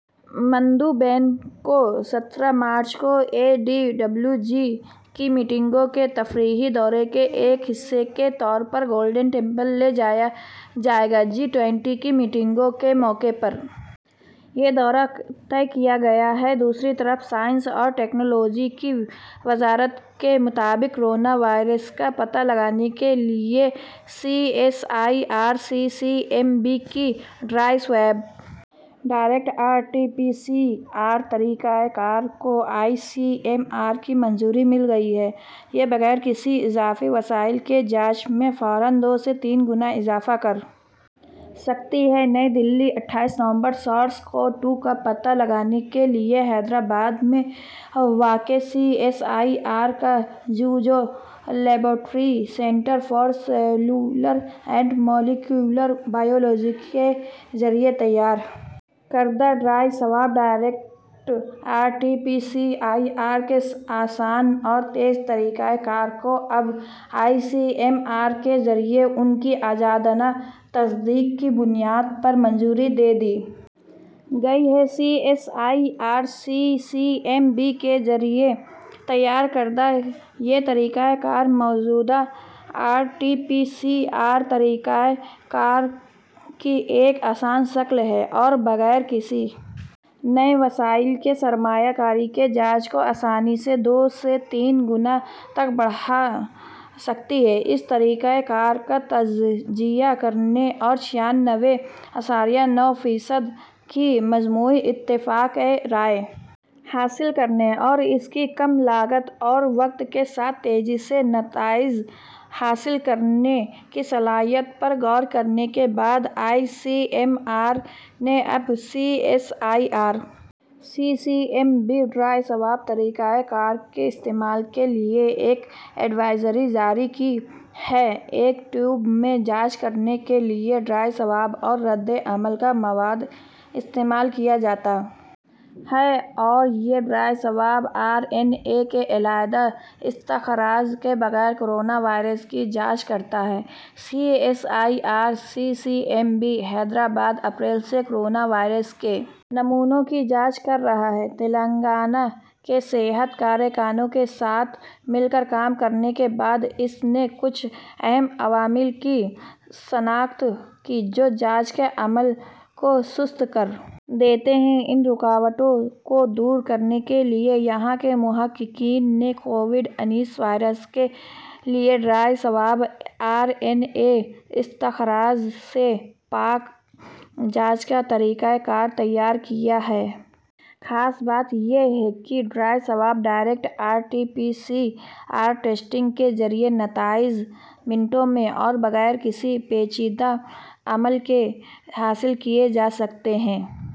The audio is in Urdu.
مندوبین کو سترہ مارچ کو ای ڈی ڈبلیو جی کی میٹنگوں کے تفریحی دورے کے ایک حصے کے طور پر گولڈن ٹیمپل لے جایا جائے گا جی ٹوئنٹی کی میٹنگوں کے موقع پر یہ دورہ طے کیا گیا ہے دوسری طرف سائنس اور ٹیکنالوجی کی وزارت کے مطابق کورونا وائرس کا پتہ لگانے کے لیے C S I R C C M B کی dry swab direct R T P C R طریقہ کار کو آئی سی ایم آر کی منظوری مل گئی ہے یہ بغیر کسی اضافی وسائل کے جانچ میں فوراً دو سے تین گنا اضافہ کر سکتی ہے نئی دہلی اٹھائیس نومبر سارس کوو ٹو کا پتہ لگانے کے لیے حیدرآباد میں واقع سی ایس آئی آر کا جزو laboratory centre for cellular and molecular biology کے ذریعے تیار کردہ dry swab direct R T P C R کے آسان اور تیز طریقہ کار کو اب آئی سی ایم آر کے ذریعے ان کی آزادانہ تصدیق کی بنیاد پر منظوری دے دی گئی ہے C S I R C C M B کے ذریعے تیار کردہ یہ طریقہ کار موجودہ R T P C R طریقہ کار کی ایک آسان شکل ہے اور بغیر کسی نئے وسائل کی سرمایہ کاری کے جانچ کو آسانی سے دو سے تین گنا تک بڑھا سکتی ہے اس طریقہ کار کا تجزیہ کرنے اور چھیانوے اعشاریہ نو فیصد کی مجموعی اتفاق رائے حاصل کرنے اور اس کی کم لاگت اور وقت کے ساتھ تیزی سے نتائج حاصل کرنے کی صلاحیت پر غور کرنے کے بعد آئی سی ایم آر نے اب C S I R C C M B dry swab طریقہ کار کے استعمال کے لیے ایک ایڈوائزری جاری کی ہے ایک ٹیوب میں جانچ کرنے کے لیے ڈرائی سواب اور ردعمل کا مواد استعمال کیا جاتا ہے اور یہ dry swab R N A کے علیحدہ استخراج کے بغیر کورونا وائرس کی جانچ کرتا ہے C S I R C C M B Hyderabad اپریل سے کورونا وائرس کے نمونوں کی جانچ کر رہا ہے تلنگانہ کے صحت کارکنوں کے ساتھ مل کر کام کرنے کے بعد اس نے کچھ اہم عوامل کی شناخت کی جو جانچ کے عمل کو سست کر دیتے ہیں ان رکاوٹوں کو دور کرنے کے لیے یہاں کے محققین نے کووڈ انیس وائرس کے لیے dry swab R N A استخراج سے پاک جانچ کا طریقہ کار تیار کیا ہے خاص بات یہ ہے کہ dry swab direct R T P C R testing کے ذریعے نتائج منٹوں میں اور بغیر کسی پیچیدہ عمل کے حاصل کیے جا سکتے ہیں